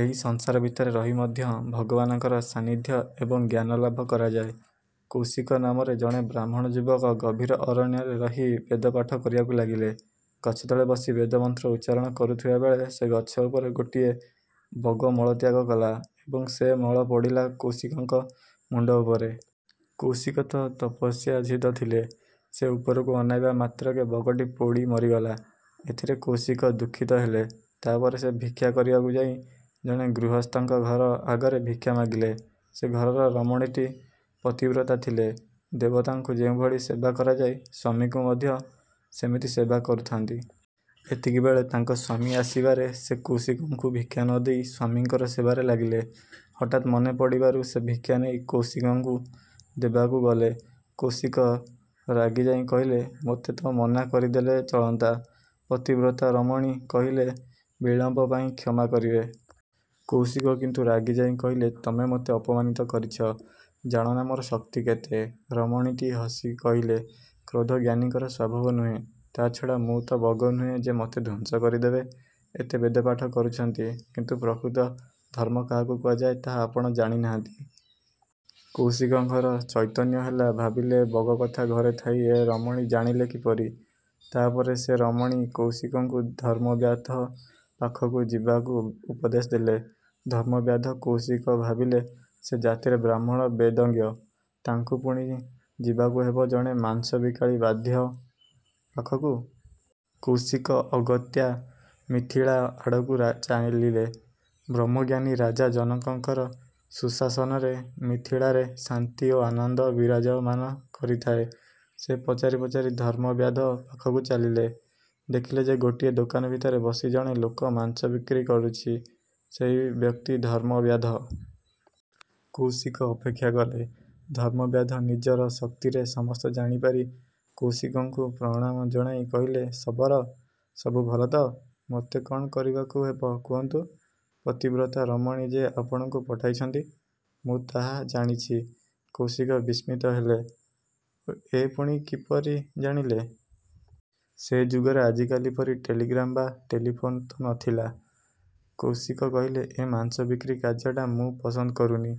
ଏହି ସଂସାର ଭିତରେ ରହି ମଧ୍ୟ ଭଗବାନଙ୍କର ସାନ୍ନିଧ୍ୟ ଏବଂ ଜ୍ଞାନ ଲାଭ କରାଯାଏ। କୌଶିକ ନାମରେ ଜଣେ ବ୍ରାହ୍ମଣ ଯୁବକ ଗଭୀର ଅରଣ୍ୟରେ ରହି ବେଦ ପାଠ କରିବାକୁ ଲାଗିଲେ। ଗଛତଳେ ବସି ବେଦମନ୍ତ୍ର ଉଚ୍ଚାରଣ କରୁଥିଲାବେଳେ ସେ ଗଛ ଉପରେ ଗୋଟିଏ ବଗ ମଳତ୍ୟାଗ କଲା ଏବଂ ସେ ମଳ ପଡ଼ିଲା କୌଶିକଙ୍କ ମୁଣ୍ତ ଉପରେ। କୌଶିକ ତ ତପସ୍ୟାସିଦ୍ଧ ଥିଲେ। ସେ ଉପରକୁ ଅନାଇବା ମାତ୍ରକେ ବଗଟି ପୋଡ଼ି ମରିଗଲା। ଏଥିରେ କୌଶିକ ଦୁଃଖିତ ହେଲେ। ତା'ପରେ ସେ ଭିକ୍ଷା କରିବାକୁ ଯାଇ ଜଣେ ଗୃହସ୍ଥଙ୍କ ଘର ଆଗରେ ଭିକ୍ଷା ମାଗିଲେ ସେ ଘରର ରମଣୀଟି ପତିବ୍ରତା ଥିଲେ। ଦେବତାଙ୍କୁ ଯେଉଁଭଳି ସେବା କରାଯାଏ ସ୍ୱାମୀଙ୍କୁ ମଧ୍ୟ ସେମିତି ସେବା କରୁଥାନ୍ତି। ଏତିକିବେଳେ ତାଙ୍କ ସ୍ୱାମୀ ଆସିବାରେ ସେ କୌଶିକଙ୍କୁ ଭିକ୍ଷା ନ ଦେଇ ସ୍ୱାମୀଙ୍କର ସେବାରେ ଲାଗିଲେ। ହଠାତ୍ ମନେ ପଡ଼ିବାରୁ ସେ ଭିକ୍ଷା ନେଇ କୌଶିକଙ୍କୁ ଦେବାକୁ ଗଲେ। କୌଶିକ ରାଗିଯାଇ କହିଲେ, ''ମୋତେ ତ ମନା କରିଦେଲେ ଚଳନ୍ତା। '' ପତିବ୍ରତା ରମଣୀ କହିଲେ—''ବିଳମ୍ୱ ପାଇଁ କ୍ଷମା କରିବେ। '' କୌଶିକ କିନ୍ତୁ ରାଗିଯାଇ କହିଲେ—''ତମେ ମୋତେ ଅପମାନିତ କରିଛ, ଜାଣନା ମୋର ଶକ୍ତି କେତେ? '' ରମଣୀଟି ହସି କହିଲେ—''କ୍ରୋଧ ଜ୍ଞାନୀଙ୍କର ସ୍ୱଭାବ ନୁହେଁ। ତା' ଛଡ଼ା ମୁଁ ତ ବଗ ନୁହେଁ ଯେ ମୋତେ ଧ୍ୱଂସ କରିଦେବେ। ଏତେ ବେଦପାଠ କରୁଛନ୍ତି, କିନ୍ତୁ ପ୍ରକୃତ ଧର୍ମ କାହାକୁ କୁହାଯାଏ ତାହା ଆପଣ ଜାଣି ନାହାନ୍ତି। '' କୌଶିକଙ୍କର ଚୈତନ୍ୟ ହେଲା। ଭାବିଲେ, ବଗକଥା ଘରେ ଥାଇ ଏ ରମଣୀ ଜାଣିଲେ କିପରି? ତା' ପରେ ସେ ରମଣୀ କୌଶିକଙ୍କୁ ଧର୍ମବ୍ୟାଧ ପାଖକୁ ଯିବାକୁ ଉପଦେଶ ଦେଲେ। ଧର୍ମବ୍ୟାଧ କୌଶିକ ଭାବିଲେ, ସେ ଜାତିରେ ବ୍ରାହ୍ମଣ—ବେଦଜ୍ଞ। ତାଙ୍କୁ ପୁଣି ଯିବାକୁ ହେବ ଜଣେ ମାଂସବିକାଳି ବ୍ୟାଧ ପାଖକୁ। କୌଶିକ ଅଗତ୍ୟା ମିଥିଳା ଆଡ଼କୁ ଚାଲିଲେ। ବ୍ରହ୍ମଜ୍ଞାନୀ ରାଜା ଜନକଙ୍କର ସୁଶାସନରେ ମିଥିଳାରେ ଶାନ୍ତି ଓ ଆନନ୍ଦ ବିରାଜମାନ କରିଥାଏ। ସେ ପଚାରି ପଚାରି ଧର୍ମବ୍ୟାଧ ପାଖକୁ ଚାଲିଲେ। ଦେଖିଲେ ଯେ ଗୋଟିଏ ଦୋକାନ ଭିତରେ ବସି ଜଣେ ଲୋକ ମାଂସ ବିକ୍ରି କରୁଛି। ସେଇ ବ୍ୟକ୍ତି ଧର୍ମବ୍ୟାଧ। କୌଶିକ ଅପେକ୍ଷା କଲେ। ଧର୍ମବ୍ୟାଧ ନିଜର ଶକ୍ତିରେ ସମସ୍ତ ଜାଣିପାରି କୌଶିକଙ୍କୁ ପ୍ରଣାମ ଜଣାଇ କହିଲେ—''ଶବର! ସବୁ ଭଲ ତ-? ମୋତେ କ'ଣ କରିବାକୁ ହେବ କୁହନ୍ତୁ। ପତିବ୍ରତା ରମଣୀ ଯେ ଆପଣଙ୍କୁ ପଠାଇଛନ୍ତି, ମୁଁ ତାହା ଜାଣିଛି। '' କୌଶିକ ବିସ୍ମିତ ହେଲେ। ଏ ପୁଣି କିପରି ଜାଣିଲେ। ସେ ଯୁଗରେ ଆଜିକାଲି ପରି ଟେଲିଗ୍ରାମ ବା ଟେଲିଫୋନ ତ ନ ଥିଲା। କୌଶିକ କହିଲେ—''ଏ ମାଂସ ବିକ୍ରି କାର୍ଯ୍ୟଟା ମୁଁ ପସନ୍ଦ କରୁନି।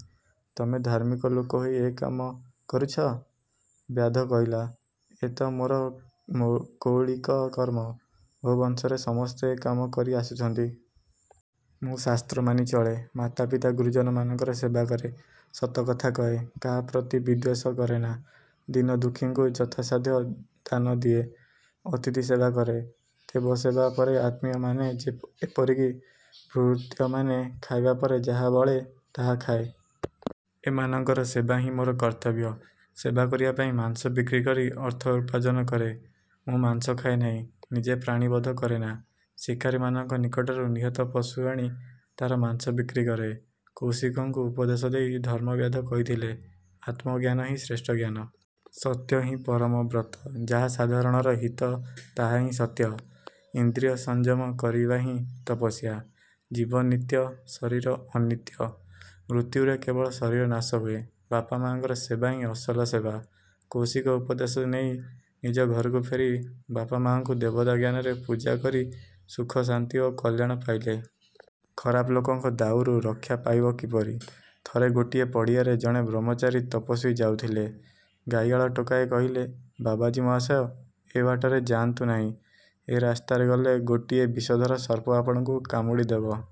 ତମେ ଧାର୍ମିକ ଲୋକ ହୋଇ ଏ କାମ କରୁଛ।? '' ବ୍ୟାଧ କହିଲା—''ଏ ତ ମୋର କୌଳିକ କର୍ମ। ମୋ ବଂଶରେ ସମସ୍ତେ ଏ କାମ କରି ଆସୁଛନ୍ତି। ମୁଁ ଶାସ୍ତ୍ର ମାନି ଚଳେ। ମାତାପିତା ଗୁରୁଜନମାନଙ୍କର ସେବା କରେ। ସତ କଥା କହେ, କାହା ପ୍ରତି ବିଦ୍ୱେଷ କରେନା। ଦୀନଦୁଃଖୀଙ୍କୁ ଯଥାସାଧ୍ୟ ଦାନ ଦିଏ। ଅତିଥି ସେବା କରେ-। ଦେବସେବା ପରେ ଆତ୍ମୀୟମାନେ ଏପରିକି ଭୃତ୍ୟମାନେ ଖାଇବା ପରେ ଯାହା ବଳେ, ତାହା ଖାଏ। ଏମାନଙ୍କର ସେବା ହିଁ ମୋର କର୍ତ୍ତବ୍ୟ। ସେବା କରିବା ପାଇଁ ମାଂସ ବିକ୍ରିକରି ଅର୍ଥ ଉପାର୍ଜନ କରେ। ମୁଁ ମାଂସ ଖାଏ ନାହିଁ—ନିଜେ ପ୍ରାଣୀବଧ କରେନା! ଶିକାରୀମାନଙ୍କ ନିକଟରୁ ନିହତ ପଶୁ ଆଣି ତାର ମାଂସ ବିକ୍ରି କରେ। '' କୌଶିକଙ୍କୁ ଉପଦେଶ ଦେଇ ଧର୍ମବ୍ୟାଧ କହିଥିଲେ, ''ଆତ୍ମଜ୍ଞାନ ହିଁ ଶ୍ରେଷ୍ଠ ଜ୍ଞାନ। ସତ୍ୟହିଁ ପରମ ବ୍ରତ। ଯାହା ସାଧାରଣର ହିତ ତାହାହିଁ ସତ୍ୟ। ଇନ୍ଦ୍ରିୟ ସଂଯମ କରିବାହିଁ ତପସ୍ୟା-। ଜୀବ ନିତ୍ୟ, ଶରୀର ଅନିତ୍ୟ। ମୃତ୍ୟୁରେ କେବଳ ଶରୀର ନାଶ ହୁଏ। ବାପା ମାଆଙ୍କର ସେବାହିଁ ଅସଲ ସେବା। '' କୌଶିକ ଉପଦେଶ ନେଇ ନିଜ ଘରକୁ ଫେରି ବାପାମାଆଙ୍କୁ ଦେବତା ଜ୍ଞାନରେ ପୂଜା କରି ସୁଖ, ଶାନ୍ତି ଓ କଲ୍ୟାଣ ପାଇଲେ। ଖରାପ ଲୋକଙ୍କ ଦାଉରୁ ରକ୍ଷା ପାଇବ କିପରି? ଥରେ ଗୋଟିଏ ପଡ଼ିଆରେ ଜଣେ ବ୍ରହ୍ମଚାରୀ ତପସ୍ୱୀ ଯାଉଥିଲେ। ଗାଈଆଳ ଟୋକାଏ କହିଲେ, 'ବାବାଜୀ ମହାଶୟ, ଏ ବାଟରେ ଯାନ୍ତୁ ନାହିଁ। ଏ ରାସ୍ତାରେ ଗଲେ ଗୋଟିଏ ବିଷଧର ସର୍ପ ଆପଣଙ୍କୁ କାମୁଡ଼ି ଦେବ।